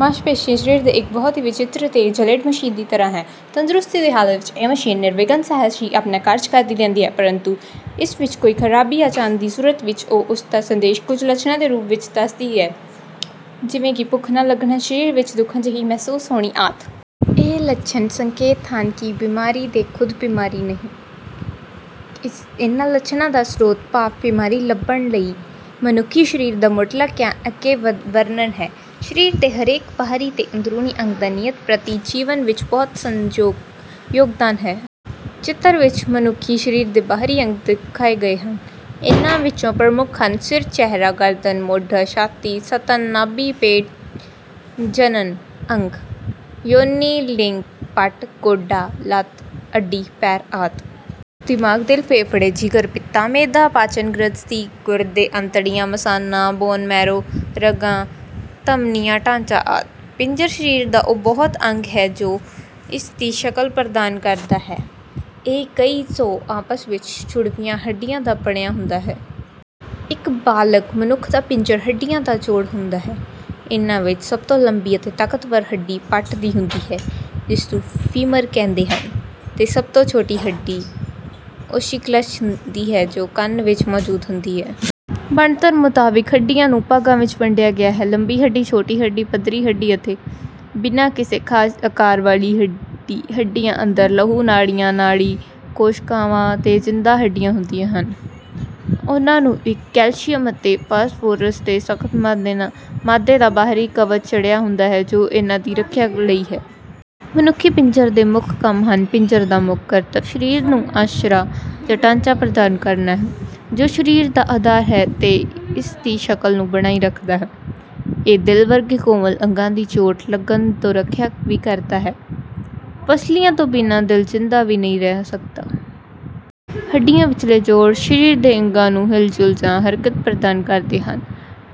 ਮਾਸਪੇਸ਼ੀਆਂ ਸਰੀਰ ਦੇ ਇੱਕ ਬਹੁਤ ਹੀ ਵਿਚਿਤ੍ਰ ਤੇ ਜਟਿਲ ਮਸ਼ੀਨ ਦੀ ਤਰਾਂ ਹੈ। ਤੰਦਰੁਸਤੀ ਦੀ ਹਾਲਤ ਵਿੱਚ ਇਹ ਮਸ਼ੀਨ ਨਿਰਵਿਘਨ ਸਹਿਜ ਹੀ ਆਪਣਾ ਕਾਰਜ ਕਰਦੀ ਰਹਿੰਦੀ ਹੈ ਪ੍ਰੰਤੂ ਇਸ ਵਿੱਚ ਕੋਈ ਖ਼ਰਾਬੀ ਆ ਜਾਣ ਦੀ ਸੂਰਤ ਵਿੱਚ ਇਹ ਉਸ ਦਾ ਸੰਦੇਸ਼ ਕੁਝ ਲੱਛਣਾਂ ਦੇ ਰੂਪ ਵਿੱਚ ਦਿੰਦੀ ਹੈ ਜਿਵੇਂ ਕਿ ਭੁੱਖ ਨਾ ਲੱਗਣਾ, ਸਰੀਰ ਵਿੱਚ ਦੁਖਣ ਜਿਹੀ ਮਹਿਸੂਸ ਹੋਣੀ ਆਦਿ। ਇਹ ਲੱਛਣ ਸੰਕੇਤ ਹਨ ਕਿਸੇ ਬਿਮਾਰੀ ਦੇ, ਖ਼ੁਦ ਬਿਮਾਰੀ ਨਹੀਂ। ਇਨ੍ਹਾਂ ਲੱਛਣਾਂ ਦਾ ਸ੍ਰੋਤ ਭਾਵ ਬਿਮਾਰੀ ਲੱਭਣ ਲਈ ਮਨੁੱਖੀ ਸਰੀਰ ਦਾ ਮੁਢਲਾ ਗਿਆਨ ਅੱਗੇ ਵਰਨਣ ਹੈ। ਸਰੀਰ ਦੇ ਹਰੇਕ ਬਾਹਰੀ ਤੇ ਅੰਦਰੂਨੀ ਅੰਗ ਦਾ ਨਿਤ ਪ੍ਰਤੀ ਜੀਵਨ ਵਿੱਚ ਬਹੁਤ ਯੋਗਦਾਨ ਹੈ। ਚਿਤਰ ਵਿੱਚ ਮਨੁੱਖੀ ਸਰੀਰ ਦੇ ਬਾਹਰੀ ਅੰਗ ਦਿਖਾਏ ਗਏ ਹਨ ਜਿਨ੍ਹਾਂ ਵਿਚੌਂ ਪ੍ਰਮੁੱਖ ਹਨ, ਸਿਰ, ਚਿਹਰਾ, ਗਰਦਨ, ਮੋਢਾ, ਛਾਤੀ, ਸਤਨ, ਨਾਭੀ, ਪੇਟ, ਜਨਣ ਅੰਗ:- ਯੋਨੀ ਲਿੰਗ, ਪੱਟ, ਗੋਡਾ, ਲੱਤ, ਅੱਡੀ, ਪੈਰ ਆਦਿ। ਦਿਮਾਗ, ਦਿਲ, ਫੇਫ਼ੜੇ, ਜਿਗਰ, ਪਿੱਤਾ, ਮਿਹਦਾ, ਪਾਚਕ-ਗ੍ਰੰਥੀ, ਗੁਰਦੇ, ਅੰਤੜੀਆਂ, ਮਸਾਨਾ, ਬੋਨ ਮੈਰੋ, ਰਗਾਂ ਧਮਨੀਆਂ ਢਾਂਚਾ ਆਦਿ। ਪਿੰਜਰ ਸਰੀਰ ਦਾ ਉਹ ਅੰਗ ਹੈ ਜੋ ਇਸ ਨੂੰ ਸ਼ਕਲ ਪ੍ਰਦਾਨ ਕਰਦਾ ਹੈ। ਇਹ ਕਈ ਸੌ ਆਪਸ ਵਿੱਚ ਜੁੜਵੀਆਂ ਹੱਡੀਆਂ ਦਾ ਬਣਿਆ ਹੁੰਦਾ ਹੇ। ਇਕ ਬਾਲਗ ਮਨੁੱਖ ਦਾ ਪਿੰਜਰ ਹੱਡੀਆ ਦਾ ਜੋੜ ਹੁੰਦਾ ਹੈ। ਇਨ੍ਹਾਂ ਵਿੱਚ ਸਭ ਤੌਂ ਲੰਬੀ ਅਤੇ ਤਾਕਤਵਰ ਹੱਡੀ ਪੱਟ ਦੀ ਹੁੰਦੀ ਹੈ ਜਿਸਨੂੰ ਫੀਮਰ ਕਹਿੰਦੇ ਹਨ, ਤੇ ਸਭ ਤੌਂ ਛੋਟੀ ਹੱਡੀ ਨੂੰ ਓਸੀਕਲਸ ਹੁਨਦੀ ਹੇ ਜੋ ਕੰਨ ਵਿੱਚ ਮੌਜੂਦ ।ਹੁੰਦੀ ਹੈ ਬਣਤਰ ਮੁਤਾਬਕ ਹੱਡੀਆਂ ਨੂੰ ਭਾਗਾਂ ਵਿੱਚ ਵੰਡਿਆ ਗਿਆ ਹੈ- ਲੰਬੀ ਹੱਡੀ, ਛੋਟੀ ਹੱਡੀ, ਪੱਧਰੀ ਹੱਡੀ ਅਤੇ ਬਿਨਾ ਕਿਸੇ ਖ਼ਾਸ ਆਕਾਰ ਵਾਲੀ ਹੱਡੀ ਹੱਡੀਆਂ ਅੰਦਰ ਲਹੂ ਨਾੜੀਆਂ, ਨਾੜੀ ਕੋਸ਼ਕਾਵਾਂ ਤੇ ਜਿੰਦਾ ਹੱਡੀਆਂ ਹੁੰਦੀਆਂ ਹਨ। ਇਨ੍ਹਾਂ ਨੂੰ ਇੱਕ ਕੈਲਸ਼ੀਅਮ ਤੇ ਫਾਸਫੋਰਸ ਦੇ ਸਖ਼ਤ ਮਾਦੇ ਦਾ ਬਾਹਰੀ ਕਵਚ ਚੜਿਆ ਹੁੰਦਾ ਹੈ ਜੋ ਇਨ੍ਹਾਂ ਦੀ ਸੁਰੱਖਿਆ ਲਈ ਹੈ। ਮਨੁੱਖੀ ਪਿੰਜਰ ਦੇ ਮੁੱਖ ਕੰਮ ਹਨ। ਪਿੰਜਰ ਦਾ ਮੁੱਖ ਕਰਤਵ ਸਰੀਰ ਨੂੰ ਆਸਰਾ ਜਾਂ ਢਾਂਚਾ ਪ੍ਰਦਾਨ ਕਰਨਾ ਹੈ ਜੋ ਸਰੀਰ ਦਾ ਅਧਾਰ ਹੈ ਤੇ ਇਸ ਦੀ ਸ਼ਕਲ ਨੂੰ ਬਣਾਈ ਰੱਖਦਾ ਹੈ। ਇਹ ਦਿਲ ਵਰਗੇ ਕੋਮਲ ਅੰਗਾਂ ਦੀ ਚੋਟ ਲਗਣ ਤੋਂ ਰੱਖਿਆ ਵੀ ਕਰਦਾ ਹੈ, ਪਸਲੀਆ ਤੋਂ ਬਿਨਾਂ ਦਿਲ ਜ਼ਿੰਦਾ ਵੀ ਨਹੀਂ ਰਹਿ ਸਕਦਾ। ਹੱਡੀਆਂ ਵਿਚਲੇ ਜੋੜ ,ਸਰੀਰ ਦੇ ਅੰਗਾਂ ਨੂੰ ਹਿਲਜੁਲ ਜਾਂ ਹਰਕਤ ਪ੍ਰਦਾਨ ਕਰਦੇ ਹਨ।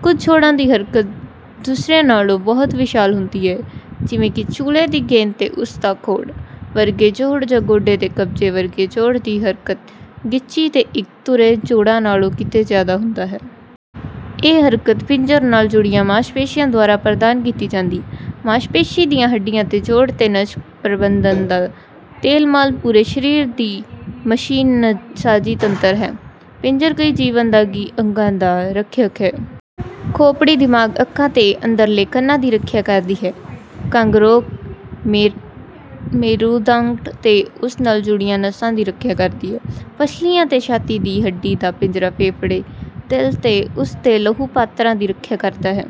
ਕੁਝ ਜੋੜਾਂ ਦੀ ਹਰਕਤ ਦੁਸਰਿਆਂ ਨਾਲੋਂ ਬਹੁਤ ਵਿਸ਼ਾਲ ਹੁੰਦੀ ਹੈ ਜਿਵੇਂ ਕਿ ਚੂਲੇ ਦੇ ਗੇਂਦ ਤੇ ਉਸ ਦਾ ਖੋੜ ਵਰਗੇ ਜੋੜ ਜਾਂ ਗੋਡੇ ਦੇ ਕਬਜੇ ਵਰਗੇ ਜੋੜ ਦੀ ਹਰਕਤ ਗਿੱਚੀ ਦੇ ਇੱਕ ਧੁਰੇ ਜੋੜਾਂ ਨਾਲੋਂ ਕਿਤੇ ਜਿਆਦਾ ਹੁੰਦਾ ਹੈ। ਇਹ ਹਰਕਤ ਪਿੰਜਰ ਨਾਲ ਜੁੜੀਆਂ ਮਾਸ ਪੇਸ਼ੀਆਂ ਦੁਆਰਾ ਪ੍ਰਦਾਨ ਕੀਤੀ ਜਾਂਦੀ ਹੈ। ਮਾਸ ਪੇਸ਼ੀਆਂ, ਹੱਢੀਆਂ ਦੇ ਜੋੜ ਤੇ ਨਸ ਪ੍ਰਬੰਧਣ ਦਾ ਤੇਲ-ਮਾਲ ਪੂਰੇ ਸਰੀਰ ਦੀ ਮਸ਼ੀਨਸਾਜੀ ਤੰਤਰ ਹੈ। ਪਿੰਜਰ ਕਈ ਜੀਵਨ-ਦਾਈ ਅੰਗਾਂ ਦਾ ਰੱਖਿਅਕ ਹੈ। ਖੋਪੜੀ ਦਿਮਾਗ, ਅੱਖਾਂ ਤੇ ਅੰਦਰਲੇ ਕੰਨਾਂ ਦੀ ਰੱਖਿਆ ਕਰਦੀ ਹੈ। ਕੰਗਰੋੜ, ਮੇਰੂਦੰਡ ਤੇ ਉਸ ਨਾਲ ਜੁੜਿਆਂ ਨਸਾਂ ਦੀ ਰੱਖਿਆ ਕਰਦੀ ਹੈ। ਪਸਲੀਆਂ ਤੇ ਛਾਤੀ ਦੀ ਹੱਡੀ ਦਾ ਪਿੰਜਰਾ ਫੇਫ਼ੜੇ, ਦਿਲ ਤੇ ਉਸ ਦੇ ਲਹੂ ਪਾਤਰਾਂ ਦੀ ਰੱਖਿਆ ਕਰਦਾ ਹੈ।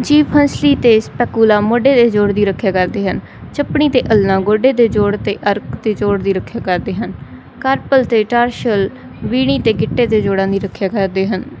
ਜੀਵ ਹੰਸਲੀ ਤੇ ਸਪੈਕੁਲਾ ਮੋਢੇ ਦੇ ਜੋੜ ਦੀ ਰੱਖਿਆ ਕਰਦੇ ਹਨ। ਚਪਣੀ ਤੇ ਅਲਨਾ ਗੋਡੇ ਦਾ ਜੋੜ ਤੇ ਅਰਕ ਦੇ ਜੋੜ ਦੀ ਰੱਖਿਆ ਕਰਦੇ ਹਨ। ਕਾਰਪਲ ਤੇ ਟਾਰਸਲ ਵੀਣੀ ਤੇ ਗਿੱਟੇ ਦੇ ਜੋੜਾਂ ਦੀ ਰੱਖਿਆ ਕਰਦੇ ਹਨ।